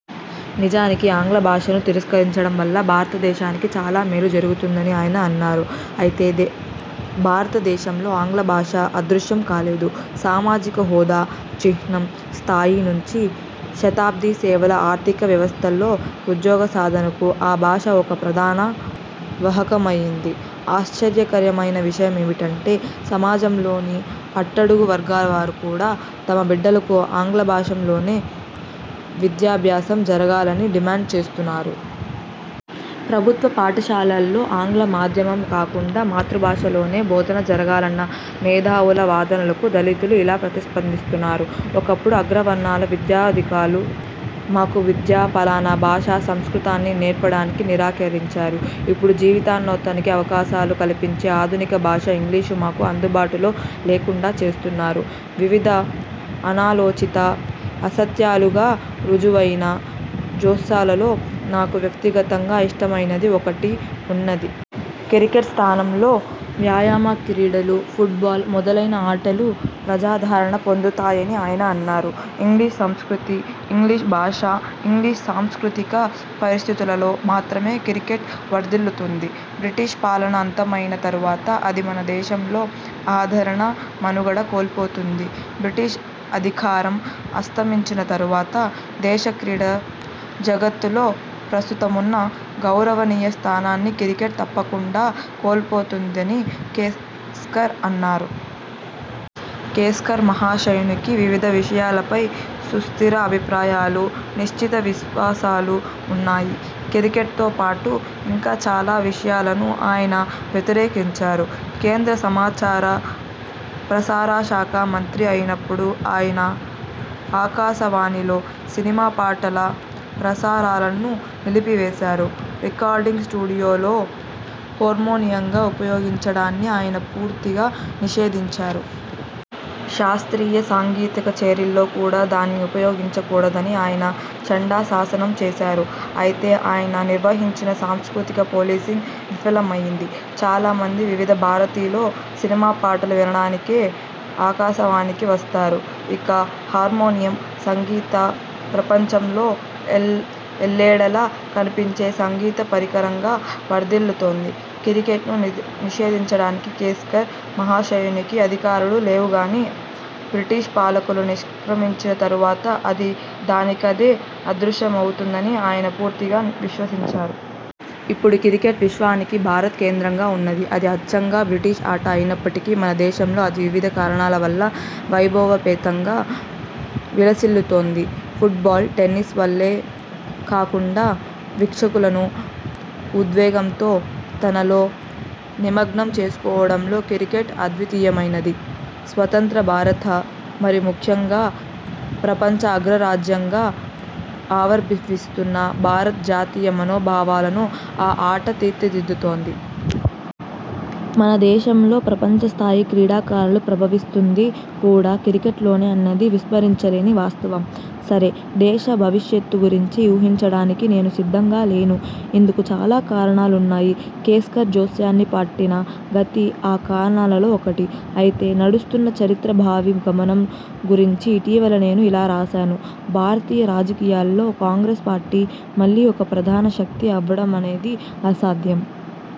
నిజానికి ఆంగ్ల భాషను తిరస్కరించడం వల్ల భారతదేశానికి చాలా మేలు జరుగుతుందని ఆయన అన్నారు. అయితే భారతదేశంలో ఆంగ్ల భాష అదృశ్యం కాలేదు. సామాజిక హోదా చిహ్నం స్థాయి నుంచి శతాబ్ది సేవల ఆర్థిక వ్యవస్థలో ఉద్యోగసాధనకు ఆ భాష ఒక ప్రధాన వాహకమయింది. ఆశ్చర్యకరమైన విషయమేమిటంటే సమాజంలోని అట్టడుగు వర్గాలవారు కూడా తమబిడ్డలకు ఆంగ్లభాషలోనే విద్యాభ్యాసం జరగాలని డిమాండ్ చేస్తున్నారు. ప్రభుత్వపాఠశాలల్లో ఆంగ్ల మాధ్యమం కాకుండా మాతృభాషలోనే బోధన జరగాలన్న మేధావుల వాదనలకు దళితులు ఇలా ప్రతిస్పందిస్తున్నారు: 'ఒకప్పుడు అగ్రవర్ణాల విద్యాధికులు మాకు విద్యా, పాలనాభాష సంస్కృతాన్ని నేర్పడానికి నిరాకరించారు. ఇప్పుడు జీవితోన్నతికి అవకాశాలు కల్పించే ఆధునిక భాష ఇంగ్లీషు మాకు అందుబాటులో లేకుండా చేస్తున్నారు'. వివిధ అనాలోచిత, అసత్యాలుగా రుజువయిన జోస్యాలలో నాకు వ్యక్తిగతంగా ఇష్టమయినది ఒకటి వున్నది. క్రికెట్ స్థానంలో వ్యాయామక్రీడలు, పుట్బాల్ మొదలైన ఆటలు ప్రజాదరణ పొందుతాయని ఆయన అన్నారు. 'ఇంగ్లీషు సంస్కృతి, ఇంగ్లీషు భాష, ఇంగ్లీషు సాంస్కృతిక పరిస్థితులలో మాత్రమే క్రికెట్ వర్ధిల్లుతుంది. బ్రిటిష్ పాలన అంతమైన తరువాత అది మన దేశంలో ఆదరణ, మనుగడ కోల్పోతుంది. బ్రిటిష్ అధికారం అస్తమించిన తరువాత, దేశ క్రీడా జగత్తులో ప్రస్తుతమున్న గౌరవనీయ స్థానాన్ని క్రికెట్ తప్పకుండా కోల్పోతుందని' కేస్కర్ అన్నారు. కేస్కర్ మహాశయునికి వివిధ విషయాలపై సుస్థిర అభిప్రాయాలు, నిశ్చిత విశ్వాసాలు వున్నాయి. క్రికెట్తో పాటు ఇంకా చాలా విషయాలను ఆయన వ్యతిరేకించారు. కేంద్ర సమాచార, ప్రసారశాఖ మంత్రి అయినప్పుడు ఆయన ఆకాశవాణిలో సినిమా పాటల ప్రసారాలను నిలిపివేశారు. రికార్డింగ్ స్టూడియోలో హోర్మోనియంగ ఉపయోగించడాన్ని ఆయన పూర్తిగా నిషేధించారు. శాస్త్రీయ సంగీతకచేరీల్లో కూడా దాన్ని ఉపయోగించకూడదని ఆయన చండ శాసనం చేశారు. అయితే ఆయన నిర్వహించిన సాంస్కృతిక పోలీసింగ్ విఫలమయింది. చాలామంది వివిధ భారతిలో సినిమాపాటలు వినడానికే ఆకాశవాణికి వస్తారు. ఇక హార్మోనియం, సంగీత ప్రపంచంలో ఎల్లెడలా కన్పించే సంగీత పరికరంగా వర్ధిల్లుతోంది. క్రికెట్ను నిషేధించడానికి కేస్కర్ మహాశయునికి అధికారాలు లేవుగానీ, బ్రిటిష్ పాలకులు నిష్ర్కమించిన తరువాత అది దానికదే అదృశ్యమవుతుందని ఆయన పూర్తిగా విశ్వసించారు. ఇప్పుడు క్రికెట్ విశ్వానికి భారత్ కేంద్రంగా వున్నది. అది అచ్చంగా బ్రిటిష్ ఆట అయినప్పటికీ మన దేశంలో అది వివిధ కారణాల వల్ల వైభవోపేతంగా విలసిల్లుతోంది. ఫుట్బాల్, టెన్నిస్ వలే కాకుండా వీక్షకులను ఉద్వేగంతో తనలో నిమగ్నం చేసుకోవడంలో క్రికెట్ అద్వితీయమైనది. స్వతంత్రభారత, మరీముఖ్యంగా ప్రపంచ అగ్రరాజ్యంగా ఆవర్భివిస్తోన్న భారత్ జాతీయ మనోభావాలను ఆ ఆట తీర్చిదిద్దుతోంది. మన దేశంలో ప్రపంచస్థాయి క్రీడాకారులు ప్రభవిస్తుంది కూడా క్రికెట్లోనే అన్నది విస్మరించలేని వాస్తవం. సరే, దేశ భవిష్యత్తు గురించి ఊహించడానికి నేను సిద్ధంగా లేను. ఇందుకు చాలా కారణాలున్నాయి. కేస్కర్ జోస్యానికి పట్టిన గతి ఆ కారణాలలో ఒకటి. అయితే, నడుస్తున్న చరిత్ర భావి గమనం గురించి ఇటీవల నేను ఇలా రాశాను: 'భారతీయ రాజకీయాల్లో కాంగ్రెస్ పార్టీ మళ్ళీ ఒక ప్రధాన శక్తి అవ్వడమనేది అసాధ్యం.